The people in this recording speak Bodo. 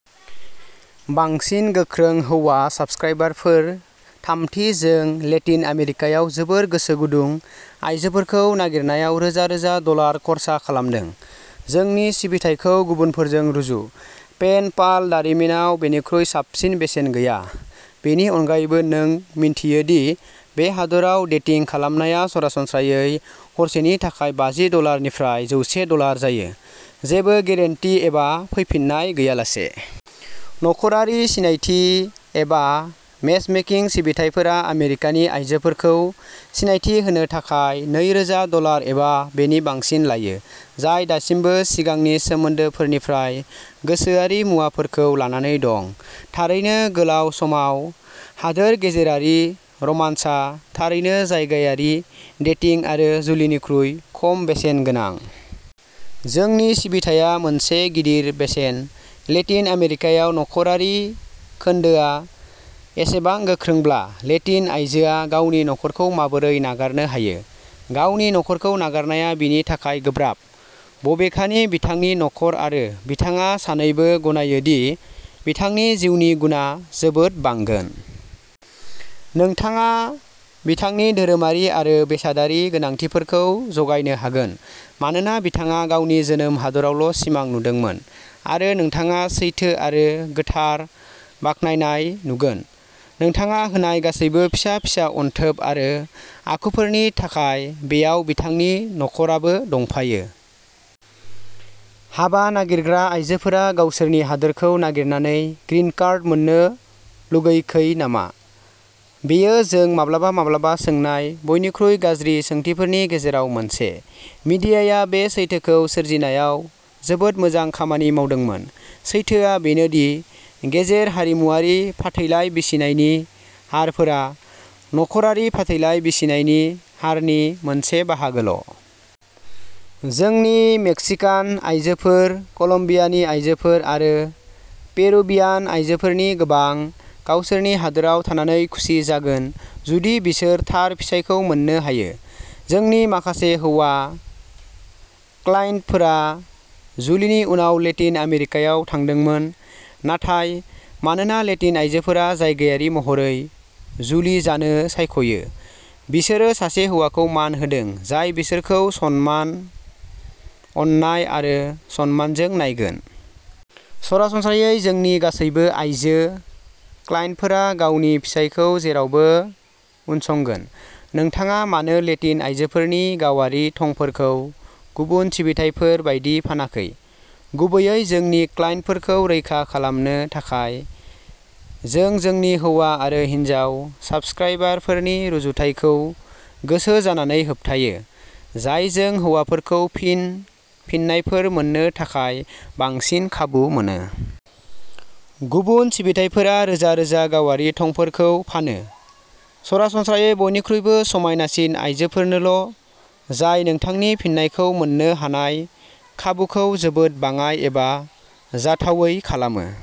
बांसिन गोख्रों हौवा साब्सक्राइबारफोर। थामथि, जों लेटिन आमेरिकायाव जोबोर गोसो गुदुं आयजोफोरखौ नागिरनायाव रोजा रोजा डलार खर्सा खालामदों। जोंनि सिबिथायखौ गुबुनफोरजों रुजु। पेन पाल' दारिमिनाव बेनिख्रुइ साबसिन बेसेन गैया। बेनि अनगायैबो, नों मिन्थियो दि बे हादोराव डेटिं खालामनाया सरासनस्रायै हरसेनि थाखाय बाजि डलार निफ्राइ जौसे डलार जायो, जेबो गेरेन्टि एबा फैफिन्नाय गैयालासे। न'खरारि सिनायथि एबा मेचमेकिं सिबिथाइफोरा आमेरिकानि आयजोफोरखौ सिनायथि होनो थाखाय नैरोजा डलार एबा बेनि बांसिन लायो, जाय दासिमबो सिगांनि सोमोन्दोफोरनिफ्राय गोसोआरि मुवाफोरखौ लानानै दं। थारैनो, गोलाव समाव हादोर गेजेरारि रमान्सआ थारैनो जायगायारि डेटिं आरो जुलिनिख्रुइ खम बेसेन गोनां। जोंनि सिबिथाया मोनसे गिदिर बेसेन, लेटिन आमेरिकायाव न'खरारि खोन्दोआ एसेबां गोख्रोंब्ला, लेटिन आयजोआ गावनि न'खरखौ माबोरै नागारनो हायो? गावनि न'खरखौ नागारनाया बिनि थाखाय गोब्राब। बबेखानि, बिथांनि न'खर आरो बिथाङा सानैबो गनायो दि बिथांनि जिउनि गुनआ जोबोद बांगोन। नोंथाङा बिथांनि धोरोमारि आरो बेसादारि गोनांथिफोरखौ जगायनो हागोन, मानोना बिथाङा गावनि जोनोम हादोरावल' सिमां नुदोंमोन। आरो नोंथाङा सैथो आरो गोथार बाख्नायनाय नुगोन। नोंथाङा होनाय गासैबो फिसा-फिसा अनथोब आरो आखुफोरनि थाखाय-बेयाव बिथांनि न'खराबो दंफायो। हाबा नागिरग्रा आइजोफोरा गावसोरनि हादोरखौ नागारनानै 'ग्रिनकार्ड' मोन्नो लुगैखै नामा? बेयो जों माब्लाबा-माब्लाबा सोंनाय बयनिख्रुइ गाज्रि सोंथिफोरनि गेजेराव मोनसे। मिडियाया बे सैथोखौ सोरजिनायाव जोबोद मोजां खामानि मावदोंमोन। सैथोआ बेनो दि गेजेर हारिमुआरि फाथैलाइ बिसिनायनि हारफोरा न'खरारि फाथैलाइ बिसिनायनि हारनि मोनसे बाहागोल'। जोंनि मेक्सिकान आयजोफोर, कलम्बियानि आयजोफोर, आरो पेरुवियान आयजोफोरनि गोबां। गावसोरनि हादोराव थानानै खुसि जागोन जुदि बिसोर थार फिसायखौ मोननो हायो। जोंनि माखासे हौवा क्लाइन्टफोरा जुलिनि उनाव लेटिन आमेरिकायाव थांदोंमोन! नाथाय, मानोना लेटिन आइजोफोरा जायगायारि महरै जुलि जानो सायख'यो, बिसोरो सासे हौवाखौ मान होदों जाय बिसोरखौ सनमान, अननाय आरो सनमानजों नायगोन। सरासनस्रायै जोंनि गासैबो आइजो क्लाइन्टफोरा गावनि फिसायखौ जेरावबो उनसंगोन, नोंथाङा मानो लेटिन आइजोफोरनि गावारि थंफोरखौ गुबुन सिबिथाइफोर बायदि फानाखै? गुबैयै जोंनि क्लाइन्टफोरखौ रैखा खालामनो थाखाय। जों जोंनि हौवा आरो हिनजाव साबस्क्राइबारफोरनि रुजुथायखौ गोसो जानानै होबथायो, जायजों हौवाफोरखौ फिन फिननायफोर मोन्नो थाखाय बांसिन खाबु मोनो। गुबुन सिबिथाइफोरा रोजा रोजा गावारि थंफोरखौ फानो। सरासनस्रायै बयनिख्रुइबो समायनासिन आइजोफोरनोल', जाय नोंथांनि फिननायखौ मोन्नो हानाय खाबुखौ जोबोद बाङाइ एबा जाथावै खालामो।